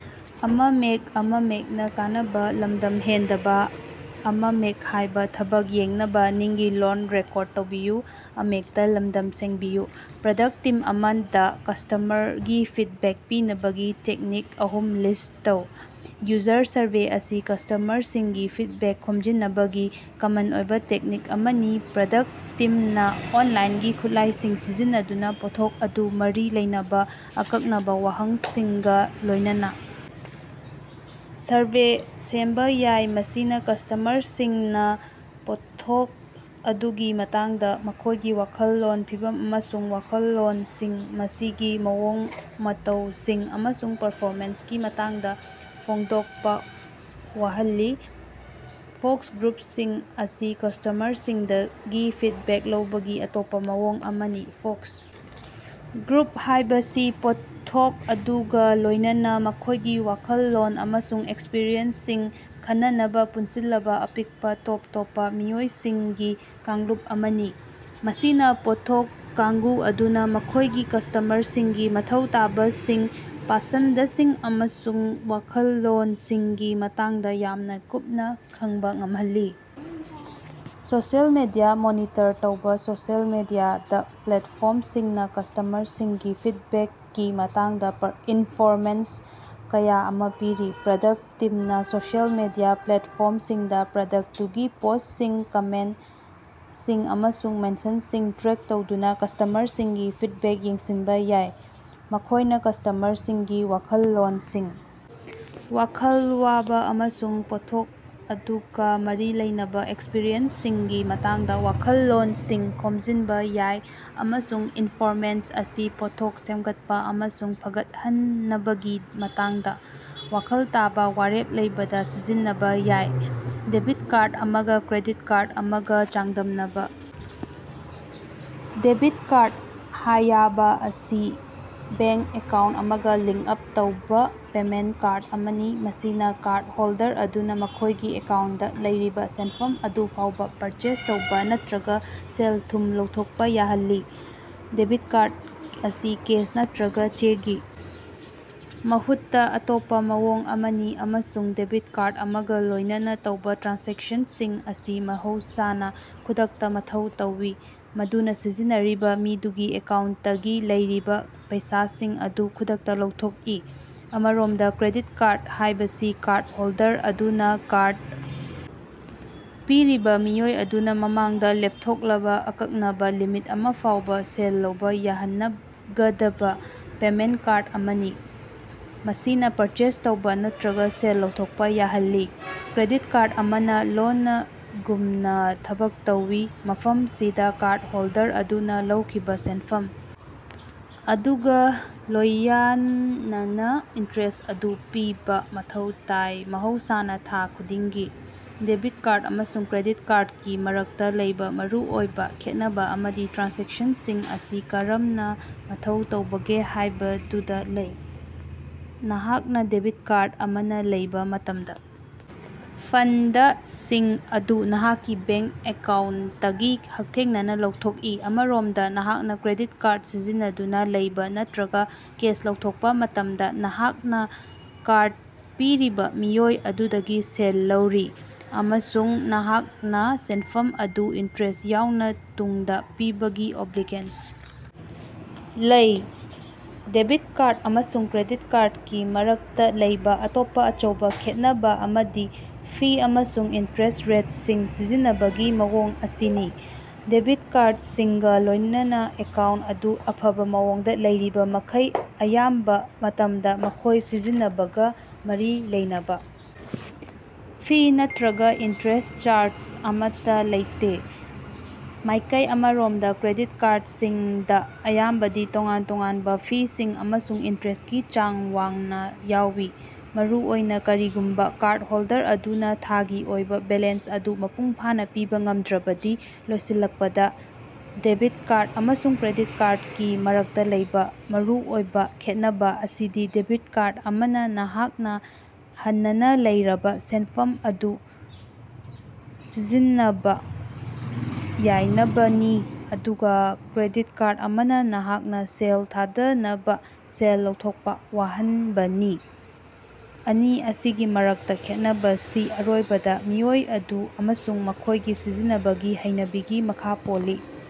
‎Product team ꯑꯃꯗꯥ ꯀꯁꯇꯃꯔꯒꯤ feedback ꯄꯤꯅꯕꯒꯤ ꯇꯦꯛꯅꯤꯛ ꯑꯍꯨꯝ ꯂꯤꯁꯠ ꯇꯧ꯫ ꯌꯨꯖꯔ ꯁꯔꯚꯦ: ꯁꯔꯚꯦ ꯑꯁꯤ ꯀꯁꯇꯃꯔꯁꯤꯡꯒꯤ ꯐꯤꯗꯕꯦꯛ ꯈꯣꯝꯖꯤꯟꯅꯕꯒꯤ ꯀꯃꯟ ꯑꯣꯏꯕꯥ ꯇꯦꯛꯅꯤꯛ ꯑꯃꯅꯤ꯫ ꯄ꯭ꯔꯗꯛ ꯇꯤꯝꯅꯥ ꯑꯣꯟꯂꯥꯏꯟꯒꯤ ꯈꯨꯠꯂꯥꯏꯁꯤꯡ ꯁꯤꯖꯤꯟꯅꯗꯨꯅꯥ ꯄꯣꯠꯊꯣꯛ ꯑꯗꯨꯒꯥ ꯃꯔꯤ ꯂꯩꯅꯕꯥ ꯑꯀꯛꯅꯕꯥ ꯋꯥꯍꯪꯁꯤꯡꯒꯥ ꯂꯣꯏꯅꯅꯥ ꯁꯔꯚꯦ ꯁꯦꯝꯕꯥ ꯌꯥꯏ, ꯃꯁꯤꯅꯥ ꯀꯁ꯭ꯇꯃꯔꯁꯤꯡꯅꯥ ꯄꯣꯠꯊꯣꯛ ꯑꯗꯨꯒꯤ ꯃꯇꯥꯡꯗꯥ ꯃꯈꯣꯏꯒꯤ ꯋꯥꯈꯜꯂꯣꯟ, ꯐꯤꯚꯝ ꯑꯃꯁꯨꯡ ꯋꯥꯈꯜꯂꯣꯟꯁꯤꯡ, ꯃꯁꯤꯒꯤ ꯃꯑꯣꯡ ꯃꯇꯧꯁꯤꯡ, ꯑꯃꯁꯨꯡ ꯄꯔꯐꯣꯃꯦꯟꯁꯀꯤ ꯃꯇꯥꯡꯗꯥ ꯐꯣꯡꯗꯣꯛꯄ ꯌꯥꯍꯜꯂꯤ꯫ ꯐꯣꯀꯁ ꯒ꯭ꯔꯨꯞꯁꯤꯡ: ꯐꯣꯀꯁ ꯒ꯭ꯔꯨꯞꯁꯤꯡ ꯑꯁꯤ ꯀꯁꯇꯃꯔꯁꯤꯡꯗꯒꯤ ꯐꯤꯗꯕꯦꯛ ꯂꯧꯕꯒꯤ ꯑꯇꯣꯞꯄ ꯃꯑꯣꯡ ꯑꯃꯅꯤ꯫ ꯐꯣꯀꯁ ꯒ꯭ꯔꯨꯞ ꯍꯥꯏꯕꯁꯤ ꯄꯣꯠꯊꯣꯛ ꯑꯗꯨꯒ ꯂꯣꯏꯅꯅꯥ ꯃꯈꯣꯏꯒꯤ ꯋꯥꯈꯜꯂꯣꯟ ꯑꯃꯁꯨꯡ ꯑꯦꯛꯁꯄꯔꯤꯌꯦꯟꯁꯁꯤꯡ ꯈꯟꯅꯅꯕꯥ ꯄꯨꯟꯁꯤꯜꯂꯕꯥ ꯑꯄꯤꯛꯄꯥ, ꯇꯣꯞ ꯇꯣꯞꯄꯥ ꯃꯤꯑꯣꯏꯁꯤꯡꯒꯤ ꯀꯥꯡꯂꯨꯞ ꯑꯃꯅꯤ꯫ ꯃꯁꯤꯅꯥ ꯄꯣꯠꯊꯣꯛ ꯀꯥꯡꯕꯨ ꯑꯗꯨꯅꯥ ꯃꯈꯣꯏꯒꯤ ꯀꯁꯇꯃꯔꯁꯤꯡꯒꯤ ꯃꯊꯧ ꯇꯥꯕꯁꯤꯡ, ꯄꯁꯟꯗꯁꯤꯡ ꯑꯃꯁꯨꯡ ꯋꯥꯈꯜꯂꯣꯟꯁꯤꯡꯒꯤ ꯃꯇꯥꯡꯗ ꯌꯥꯝꯅꯥ ꯀꯨꯞꯅ ꯈꯡꯕ ꯉꯝꯍꯜꯂꯤ꯫ ꯁꯣꯁꯤꯑꯦꯜ ꯃꯤꯗꯤꯌꯥ ꯃꯣꯅꯤꯇꯔ ꯇꯧꯕꯥ: ꯁꯣꯁꯤꯑꯦꯜ ꯃꯤꯗꯤꯌꯥ ꯄ꯭ꯂꯦꯠꯐꯣꯔꯝꯁꯤꯡꯅꯥ ꯀꯁ꯭ꯇꯃꯔꯁꯤꯡꯒꯤ ꯐꯤꯗꯕꯦꯛꯀꯤ ꯃꯇꯥꯡꯗꯥ ꯏꯟꯐꯣꯔꯃꯦꯁꯟ ꯀꯌꯥ ꯑꯃꯥ ꯄꯤꯔꯤ꯫ ꯄ꯭ꯔꯗꯛ ꯇꯤꯝꯅ ꯁꯣꯁꯤꯑꯦꯜ ꯃꯤꯗꯤꯌꯥ ꯄ꯭ꯂꯦꯠꯐꯣꯔꯝꯁꯤꯡꯗꯥ ꯄ꯭ꯔꯗꯛꯇꯨꯒꯤ ꯄꯣꯁꯁꯤꯡ, ꯀꯃꯦꯟꯇꯁꯤꯡ, ꯑꯃꯁꯨꯡ ꯃꯦꯟꯁꯟꯁꯤꯡ ꯇ꯭ꯔꯦꯛ ꯇꯧꯗꯨꯅꯥ ꯀꯁ꯭ꯇꯃꯔꯁꯤꯡꯒꯤ ꯐꯤꯗꯕꯦꯛ ꯌꯦꯡꯁꯤꯟꯕꯥ ꯌꯥꯏ꯫ ꯃꯈꯣꯏꯅ ꯀꯁ꯭ꯇꯃꯔꯁꯤꯡꯒꯤ ꯋꯥꯈꯜꯂꯣꯟꯁꯤꯡ, ꯋꯥꯈꯜ ꯋꯥꯕꯥ ꯑꯃꯁꯨꯡ ꯄꯣꯠꯊꯣꯛ ꯑꯗꯨꯒ ꯃꯔꯤ ꯂꯩꯅꯕꯥ ꯑꯦꯛꯁꯄꯔꯤꯌꯦꯟꯁꯁꯤꯡꯒꯤ ꯃꯇꯥꯡꯗꯥ ꯋꯥꯈꯜꯂꯣꯟꯁꯤꯡ ꯈꯣꯃꯖꯤꯟꯕ ꯌꯥꯏ, ꯑꯃꯁꯨꯡ ꯏꯅꯐꯣꯔꯃꯦꯁꯟ ꯑꯁꯤ ꯄꯣꯠꯊꯣꯛ ꯁꯦꯃꯒꯠꯄꯥ ꯑꯃꯁꯨꯡ ꯐꯒꯠꯍꯅꯕꯒꯤ ꯃꯇꯥꯡꯗꯥ ꯋꯥꯈꯜ ꯇꯥꯕꯥ ꯋꯥꯔꯦꯞ ꯂꯧꯕꯗꯥ ꯁꯤꯖꯤꯟꯅꯕꯥ ꯌꯥꯏ꯫ ꯗꯦꯕꯤꯠ ꯀꯥꯔꯗ ꯑꯃꯒꯥ ꯀ꯭ꯔꯦꯗꯤꯠ ꯀꯥꯔꯗ ꯑꯃꯒꯥ ꯆꯥꯡꯗꯝꯅꯕꯥ꯫ ꯗꯦꯕꯤꯠ ꯀꯥꯔꯗ ꯍꯥꯌꯕꯁꯤ ꯕꯦꯡ ꯑꯦꯀꯥꯎꯟ ꯑꯃꯒꯥ ꯂꯤꯉꯛ ꯇꯧꯕꯥ ꯄꯦꯃꯦꯟꯇ ꯀꯥꯔꯗ ꯑꯃꯅꯤ, ꯃꯁꯤꯅꯥ ꯀꯥꯔꯗ ꯍꯣꯜꯗꯔ ꯑꯗꯨꯅꯥ ꯃꯈꯣꯏꯒꯤ ꯑꯦꯀꯥꯎꯟꯇꯗ ꯂꯩꯔꯤꯕꯥ ꯁꯦꯟꯐꯝ ꯑꯗꯨ ꯐꯥꯎꯕꯥ ꯄꯔꯆꯦꯖ ꯇꯧꯕꯥ ꯅꯠꯇ꯭ꯔꯒꯥ ꯁꯦꯜ ꯂꯧꯊꯣꯛꯄ ꯌꯥꯍꯜꯂꯤ꯫ ꯗꯦꯕꯤꯠ ꯀꯥꯔꯗ ꯑꯁꯤ ꯀꯦꯁ ꯅꯠꯇ꯭ꯔꯒ ꯆꯦꯒꯤ ꯃꯍꯨꯠꯇꯥ ꯑꯇꯣꯞꯄꯥ ꯃꯑꯣꯡ ꯑꯃꯅꯤ, ꯑꯃꯁꯨꯡ ꯗꯦꯕꯤꯠ ꯀꯥꯔꯗ ꯑꯃꯒꯥ ꯂꯣꯏꯅꯅꯥ ꯇꯧꯕꯥ ꯇ꯭ꯔꯥꯟꯖꯦꯛꯁꯟꯁꯤꯡ ꯑꯁꯤ ꯃꯍꯧꯁꯥꯅꯥ ꯈꯨꯗꯛꯇꯥ ꯃꯊꯧ ꯇꯧꯏ, ꯃꯗꯨꯅꯥ ꯁꯤꯖꯤꯟꯅꯔꯤꯕ ꯃꯤꯗꯨꯒꯤ ꯑꯦꯀꯥꯎꯟꯇꯇꯒꯤ ꯂꯩꯔꯤꯕꯥ ꯄꯩꯁꯥꯁꯤꯡ ꯑꯗꯨ ꯈꯨꯗꯛꯇꯥ ꯂꯧꯊꯣꯛꯏ꯫ ꯑꯃꯔꯣꯝꯗꯥ, ꯀ꯭ꯔꯦꯗꯤꯠ ꯀꯥꯔꯗ ꯍꯥꯏꯕꯁꯤ ꯀꯥꯔꯗ ꯍꯣꯜꯗꯔ ꯑꯗꯨꯅꯥ ꯀꯥꯔꯗ ꯄꯤꯔꯤꯕꯥ ꯃꯤꯑꯣꯏ ꯑꯗꯨꯅꯥ ꯃꯃꯥꯡꯗꯥ ꯂꯦꯞꯊꯣꯛꯂꯕꯥ ꯑꯀꯛꯅꯕꯥ ꯂꯤꯃꯤꯠ ꯑꯃꯐꯥꯎꯕꯥ ꯁꯦꯜ ꯂꯧꯕꯥ ꯌꯥꯍꯅꯒꯗꯕꯥ ꯄꯦꯃꯦꯟꯇ ꯀꯥꯔꯗ ꯑꯃꯅꯤ, ꯃꯁꯤꯅꯥ ꯄꯔꯆꯦꯖ ꯇꯧꯕꯥ ꯅꯠꯇ꯭ꯔꯒꯥ ꯁꯦꯜ ꯂꯧꯊꯣꯛꯄꯥ ꯌꯥꯍꯜꯂꯤ꯫ ꯀ꯭ꯔꯦꯗꯤꯠ ꯀꯥꯔꯗ ꯑꯃꯅꯥ ꯂꯣꯅꯒꯨꯝꯅꯥ ꯊꯕꯛ ꯇꯧꯏ, ꯃꯐꯃꯁꯤꯗꯥ ꯀꯥꯔꯗ ꯍꯣꯜꯗꯔ ꯑꯗꯨꯅꯥ ꯂꯧꯈꯤꯕꯥ ꯁꯦꯅꯐꯝ ꯑꯗꯨꯒꯥ ꯂꯣꯌꯅꯅꯥ ꯏꯟꯇꯔꯦꯁ ꯑꯗꯨ ꯄꯤꯕꯥ ꯃꯊꯧ ꯇꯥꯏ, ꯃꯍꯧꯁꯥꯅꯥ ꯊꯥ ꯈꯨꯗꯤꯡꯒꯤ꯫ ꯗꯦꯕꯤꯠ ꯀꯥꯔꯗ ꯑꯃꯁꯨꯡ ꯀ꯭ꯔꯦꯗꯤꯠ ꯀꯥꯔꯗꯀꯤ ꯃꯔꯛꯇꯥ ꯂꯩꯕꯥ ꯃꯔꯨꯑꯣꯏꯕꯥ ꯈꯦꯠꯅꯕꯥ ꯑꯃꯗꯤ ꯇ꯭ꯔꯥꯟꯖꯦꯛꯁꯅꯁꯤꯡ ꯑꯁꯤ ꯀꯔꯝꯅ ꯃꯊꯧ ꯇꯧꯕꯒꯦ ꯍꯥꯏꯕꯗꯨꯗꯥ ꯂꯩ꯫ ꯅꯍꯥꯛꯅꯥ ꯗꯦꯕꯤꯠ ꯀꯥꯔꯗ ꯑꯃꯅꯥ ꯂꯩꯕ ꯃꯇꯃꯗꯥ, ꯐꯟꯗꯁꯤꯡ ꯑꯗꯨ ꯅꯍꯥꯛꯀꯤ ꯕꯦꯡ ꯑꯦꯀꯥꯎꯟꯇꯇꯒꯤ ꯍꯛꯊꯦꯡꯅꯅꯥ ꯂꯧꯊꯣꯛꯏ꯫ ꯑꯃꯔꯣꯃꯗꯥ, ꯅꯍꯥꯛꯅꯥ ꯀ꯭ꯔꯦꯗꯤꯠ ꯀꯥꯔꯗ ꯁꯤꯖꯤꯟꯅꯗꯨꯅꯥ ꯂꯩꯕ ꯅꯠꯇ꯭ꯔꯒ ꯀꯦꯁ ꯂꯧꯊꯣꯛꯄꯥ ꯃꯇꯝꯗꯥ, ꯅꯍꯥꯛꯅꯥ ꯀꯥꯔꯗ ꯄꯤꯔꯤꯕꯥ ꯃꯤꯑꯣꯏ ꯑꯗꯨꯗꯒꯤ ꯁꯦꯜ ꯂꯧꯔꯤ, ꯑꯃꯁꯨꯡ ꯅꯍꯥꯛꯅꯥ ꯁꯦꯅꯐꯝ ꯑꯗꯨ, ꯏꯟꯇꯔꯦꯁ ꯌꯥꯎꯅꯥ, ꯇꯨꯡꯗꯥ ꯄꯤꯕꯒꯤ ꯑꯣꯕꯂꯤꯒꯦꯁꯟ ꯂꯩ꯫ ꯗꯦꯕꯤꯠ ꯀꯥꯔꯗ ꯑꯃꯁꯨꯡ ꯀ꯭ꯔꯦꯗꯤꯠ ꯀꯥꯔꯗꯀꯤ ꯃꯔꯛꯇꯥ ꯂꯩꯕꯥ ꯑꯇꯣꯞꯄꯥ ꯑꯆꯧꯕꯥ ꯈꯦꯠꯅꯕꯥ ꯑꯃꯗꯤ ꯐꯤ ꯑꯃꯁꯨꯡ ꯏꯟꯇꯔꯦꯁ ꯔꯦꯠꯁꯤꯡ ꯁꯤꯖꯤꯟꯅꯕꯒꯤ ꯃꯑꯣꯡ ꯑꯁꯤꯅꯤ꯫ ꯗꯦꯕꯤꯠ ꯀꯥꯔꯗꯁꯤꯡꯒꯥ ꯂꯣꯏꯅꯅꯥ, ꯑꯦꯀꯥꯎꯟꯇ ꯑꯗꯨ ꯑꯐꯕꯥ ꯃꯑꯣꯡꯗꯥ ꯂꯩꯔꯤꯕꯃꯈꯩ, ꯑꯌꯥꯝꯕꯥ ꯃꯇꯃꯗꯥ ꯃꯈꯣꯏ ꯁꯤꯖꯤꯟꯅꯕꯒꯥ ꯃꯔꯤ ꯂꯩꯅꯕꯥ ꯐꯤ ꯅꯠꯇ꯭ꯔꯒꯥ ꯏꯟꯇꯔꯦꯁ ꯆꯥꯔꯖ ꯑꯃꯠꯇꯥ ꯂꯩꯇꯦ꯫ ꯃꯥꯏꯀꯩ ꯑꯃꯔꯣꯝꯗ, ꯀ꯭ꯔꯦꯗꯤꯠ ꯀꯥꯔꯗꯁꯤꯡꯗ ꯑꯌꯥꯝꯕꯗꯤ ꯇꯣꯉꯥꯟ-ꯇꯣꯉꯥꯟꯕꯥ ꯐꯤꯁꯤꯡ ꯑꯃꯁꯨꯡ ꯏꯟꯇꯔꯦꯁꯀꯤ ꯆꯥꯡ ꯋꯥꯡꯅꯥ ꯌꯥꯎꯏ, ꯃꯔꯨꯑꯣꯏꯅꯥ ꯀꯔꯤꯒꯨꯝꯕꯥ ꯀꯥꯔꯗ ꯍꯣꯜꯗꯔ ꯑꯗꯨꯅꯥ ꯊꯥꯒꯤ ꯑꯣꯏꯕꯥ ꯕꯦꯂꯦꯟꯁ ꯑꯗꯨ ꯃꯄꯨꯡꯐꯥꯅꯥ ꯄꯤꯕꯥ ꯉꯝꯗ꯭ꯔꯕꯗꯤ꯫ ꯂꯣꯏꯁꯤꯜꯂꯛꯄꯗꯥ, ꯗꯦꯕꯤꯠ ꯀꯥꯔꯗ ꯑꯃꯁꯨꯡ ꯀ꯭ꯔꯦꯗꯤꯠ ꯀꯥꯔꯗꯀꯤ ꯃꯔꯛꯇꯥ ꯂꯩꯕꯥ ꯃꯔꯨꯑꯣꯏꯕꯥ ꯈꯦꯠꯅꯕꯥ ꯑꯁꯤꯗꯤ ꯗꯦꯕꯤꯠ ꯀꯥꯔꯗ ꯑꯃꯅꯥ ꯅꯍꯥꯛꯅꯥ ꯍꯥꯟꯅꯅꯥ ꯂꯩꯔꯕꯥ ꯁꯦꯅꯐꯝ ꯑꯗꯨ ꯁꯤꯖꯤꯟꯅꯕꯥ ꯌꯥꯏꯅꯕꯅꯤ, ꯑꯗꯨꯒꯥ ꯀ꯭ꯔꯦꯗꯤꯠ ꯀꯥꯔꯗ ꯑꯃꯅꯥ ꯅꯍꯥꯛꯅꯥ ꯁꯦꯜ ꯊꯥꯗꯅꯕꯥ ꯁꯦꯜ ꯂꯧꯊꯣꯛꯄ ꯌꯥꯍꯟꯕꯅꯤ꯫ ꯑꯅꯤꯁꯤꯒꯤ ꯃꯔꯛꯇꯥ ꯈꯦꯅꯕꯁꯤ ꯑꯔꯣꯏꯕꯗꯥ ꯃꯤꯑꯣꯏ ꯑꯗꯨ ꯑꯃꯁꯨꯡ ꯃꯈꯣꯏꯒꯤ ꯁꯤꯖꯤꯟꯅꯕꯒꯤ ꯍꯩꯅꯕꯤꯒꯤ ꯃꯈꯥ ꯄꯣꯜꯂꯤ꯫।